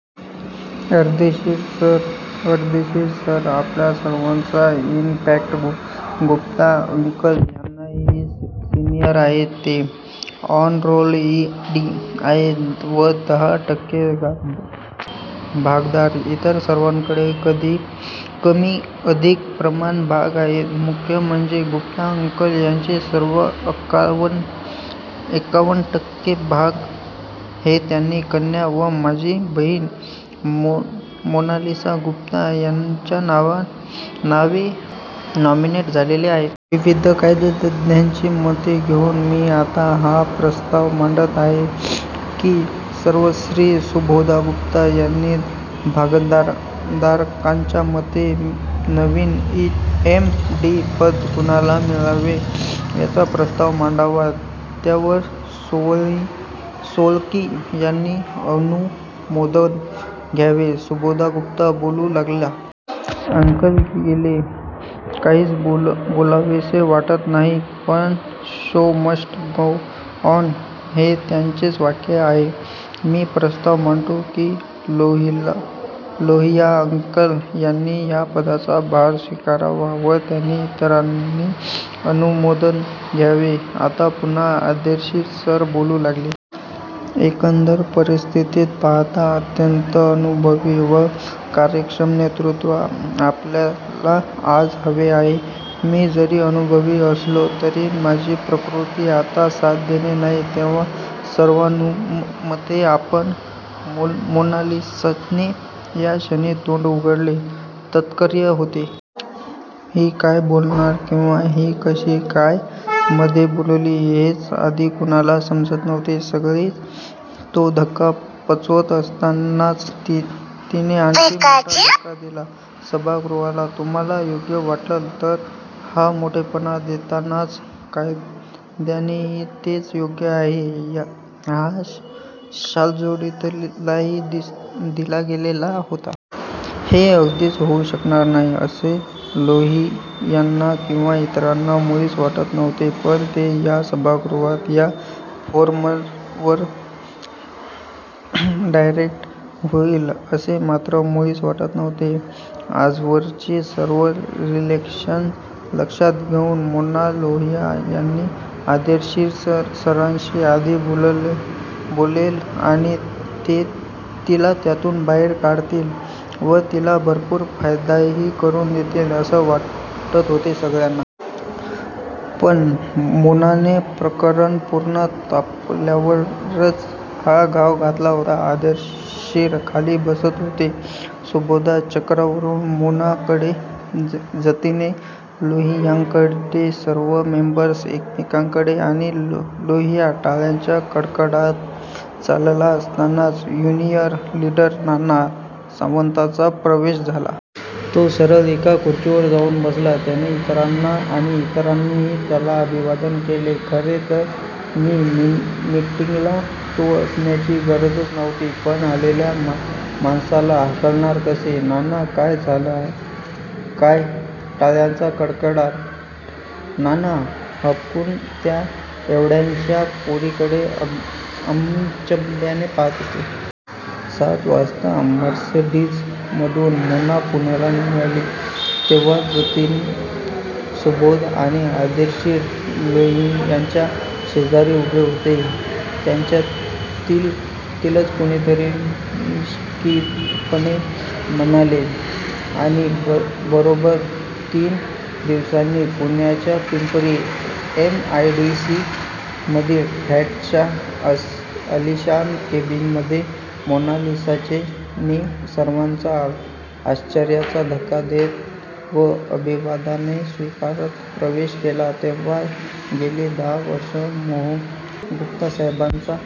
Ardeshir sir! Ardeshir sir आपल्या सर्वांनाच, in fact Gupta uncle यांनाही सिनियर आहेत. ते ऑन रोल ई. डी. आहेत व दहा टक्के भागधारक! इतर सर्वांकडेच कमीअधिक प्रमाणात भाग आहेत. मुख्य म्हणजे, गुप्ता अंकल यांचे सर्व एक्कावन टक्के भाग हे त्यांची कन्या व माझी बहीण मोनालिसा गुप्ता यांच्या नावे नॉमिनेट झालेले आहेत। विविध कायदेतज्ञांची मते घेऊन मी आता हा प्रस्ताव मांडत आहे. की सर्वश्री सुबोध गुप्ता यांनी भागधारकांच्या मते नवीन एम. डी. पद कुणाला मिळावे याचा प्रस्ताव मांडावा. त्यावर सोळंकी यांनी अनुमोदन द्यावे. सुबोध गुप्ता बोलू लागला. " अंकल गेले.. काहीच बोलावेसे वाटत नाही. पण, शो मस्ट गो ऑन, हे त्यांचेच वाक्य आहे. मी प्रस्ताव मांडतो की.. लोहिया अंकल यांनी या पदाचा भार स्वीकारावा व त्यांना इतरांनी अनुमोदन द्यावे. " आता पुन्हा अर्देशीर सर बोलू लागले. "एकंदर परिस्थिती पाहता, अत्यंत अनुभवी व कार्यक्षम नेतृत्व आपल्याला आज हवे आहे.. मी जरी अनुभवी असलो तरी माझी प्रकृती आता साथ देत नाही. तेव्हा सर्वानुमते आपण " मोनालिसाने या क्षणी तोंड उघडणे अतर्क्य होते. ही काय बोलणार किंवा ही कशी काय मधे बोलली हेच आधी कुणाला समजत नव्हते. सगळे तो धक्का पचवत असतानाच तिने आणखीन मोठा धक्का दिला सभागृहाला. 'तुम्हाला योग्य वाटलं' तर हा मोठेपणा देतानाच 'कायद्यानेही तेच योग्य आहे' हा शालजोडीतलाही दिला गेलेला होता. 'हे' अगदीच होऊ शकणार नाही असे लोहियांना किंवा इतरांना मुळीच वाटत नव्हते. पण ते या सभागृहात, या फोरमवर डायरेक्ट होईल असे मात्र मुळीच वाटत नव्हते. आजवरची सर्व रिलेशन्स लक्षात घेऊन मोना लोहिया आणि अर्देशीर सरांशी आधी बोलेल आणि ते तिला त्यातून बाहेर काढतील व तिला भरपूर फायदाही करून देतील असे वाटत होते सगळ्यांना! पण! मोनाने प्रकरण पूर्ण तापल्यावरच हा घाव घातला होता. अर्देशीर खाली बघत होते. सुबोध चक्रावून मोनाकडे! जतीन लोहियांकडे सर्व मेंबर्स एकमेकांकडे ,आणि लोहिया टाळ्यांचा कडकडाट चाललेला असतानाच युनियन लीडर नाना सावंतचा प्रवेश झाला. तो सरळ एका खुर्चीवर जाऊन बसला. त्याने इतरांना आणि इतरांनीही त्याला अभिवादन केले. खरे तर या मीटिंगला तो असण्याची गरजच नव्हती. पण आलेल्या माणसाला हाकलणार कसे? नाना काय झालं काय? टाळ्यांचा कडकडाट? नाना हबकून त्या 'एवढ्याश्या' पोरीकडे अचंब्याने पाहात होता. सात वाजता मर्सिडिझमधून मोना पुण्याला निघाली तेव्हा जतीन, सुबोध आणि अर्देशीर लोहियांच्या शेजारी उभे होते. त्यांच्यातीलच कुणीतरी मिश्कीलपणे म्हणाले. आणि बरोब्बर तीन दिवसांनी पुण्याच्या Pimpri M I D C मधील प्लॅन्टच्या आलिशान केबीनमध्ये मोनालिसाने सर्वांना आश्चर्याचा धक्का देत व अभिवादने स्वीकारत प्रवेश केला तेव्हा गेली दहा वर्षे मोहन गुप्तासाहेबांचा.